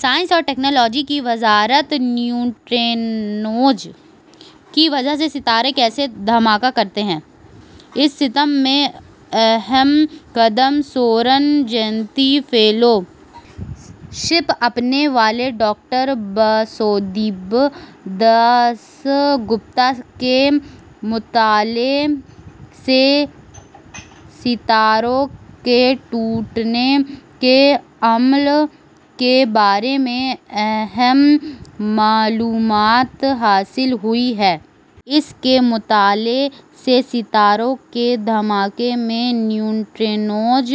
Science اور technology کی وزارت نیوٹرینوز کی وجہ سے ستارے کیسے دھماکہ کرتے ہیں، اس سمت میں اہم قدم۔ سورن جینتی فیلو شپ پانے والے ڈاکٹر باسودیب داس گپتا کے مطالعے سے ستاروں کے ٹوٹنے کے عمل کے بارے میں اہم معلومات حاصل ہوئی ہیں۔ ان کے مطالعے سے ستاروں کے دھماکے میں نیوٹرینوز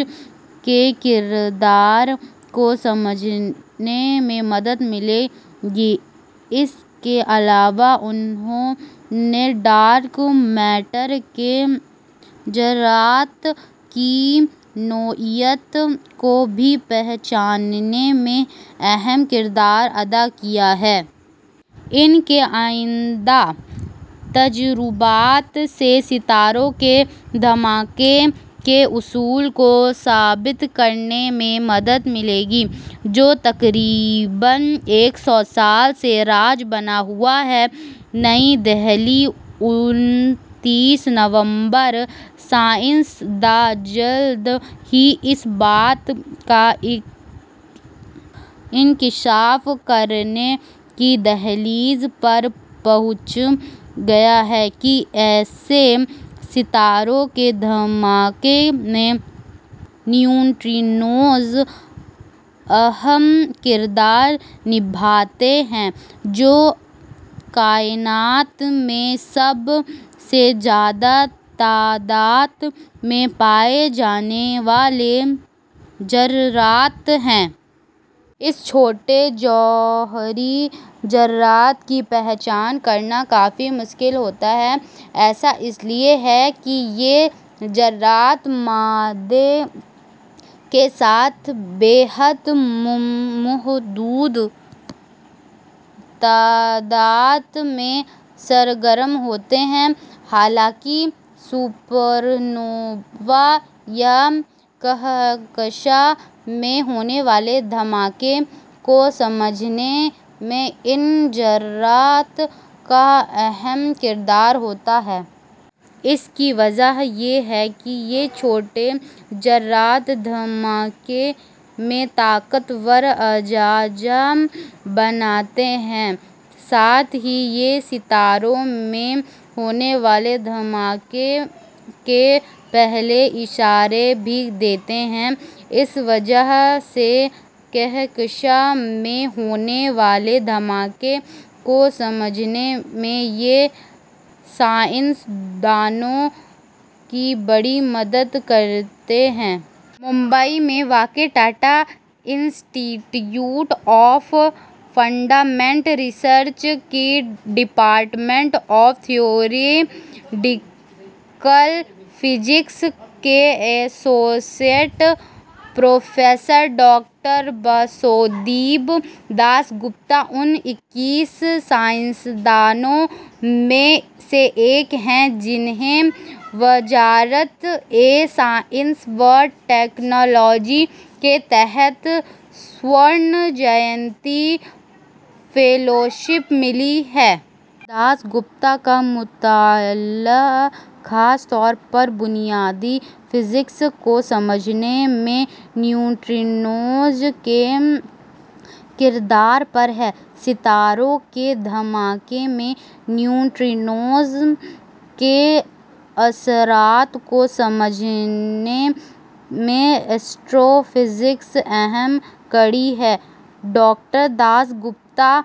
کے کردار کو سمجھنے میں مدد ملے گی۔ اس کے علاوہ، انہوں نے ڈارک میٹر کے ذرات کی نوعیت کو بھی پہچاننے میں اہم کردار ادا کیا ہے۔ ان کے آئندہ تجربات سے ستاروں کے دھماکے کے اصول کو ثابت کرنے میں مدد ملے گی، جو تقریباً ایک سو سال سے راز بنا ہوا ہے۔ نئی دہلی، انتیس نومبر: سائنس دان جلد ہی اس بات کا انکشاف کرنے کی دہلیز پر پہنچ گئے ہیں کہ ایسے ستاروں کے دھماکے میں نیوٹرینوز اہم کردار نبھاتے ہیں، جو کائنات میں سب سے زیادہ تعداد میں پائے جانے والے ذرات ہیں۔ ان چھوٹے جوہری ذرات کی پہچان کرنا کافی مشکل ہوتا ہے۔ ایسا اس لیے ہے کہ یہ ذرات مادے کے ساتھ بے حد محدود تعداد میں سرگرم ہوتے ہیں۔ حالانکہ سپرنووا یا کہکشاں میں ہونے والے دھماکے کو سمجھنے میں ان ذرات کا اہم کردار ہوتا ہے۔ اس کی وجہ یہ ہے کہ یہ چھوٹے ذرات دھماکے میں طاقتور اجزا بناتے ہیں۔ ساتھ ہی، یہ ستاروں میں ہونے والے دھماکے کے پہلے اشارے بھی دیتے ہیں۔ اس وجہ سے کہکشاں میں ہونے والے دھماکے کو سمجھنے میں یہ سائنس دانوں کی بڑی مدد کرتے ہیں۔ ممبئی میں واقع Tata institute of fundamental research کے ڈپارٹمنٹ آف تھیوریٹیکل فزکس کے associate professor doctor Basudeb Das Gupta ان اکیس سائنس دانوں میں سے ایک ہیں، جنہیں وزارت سائنس و ٹیکنالوجی کے تحت سورن جینتی فیلو شپ ملی ہے۔ داس گپتا کا مطالعہ خاص طور پر بنیادی فزکس کو سمجھنے میں نیوٹرینوز کے کردار پر ہے۔ ستاروں کے دھماکے میں نیوٹرینوز کے اثرات کو سمجھنے میں ایسٹرو فزکس اہم کڑی ہے۔ ڈاکٹر داس گپتا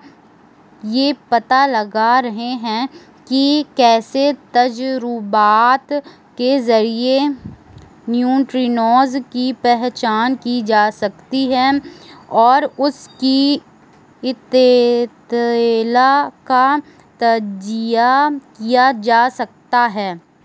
یہ پتہ لگا رہے ہیں کہ کیسے تجربات کے ذریعے نیوٹرینوز کی پہچان کی جا سکتی ہے اور اس کی اطلاع کا تجزیہ کیا جا سکتا ہے۔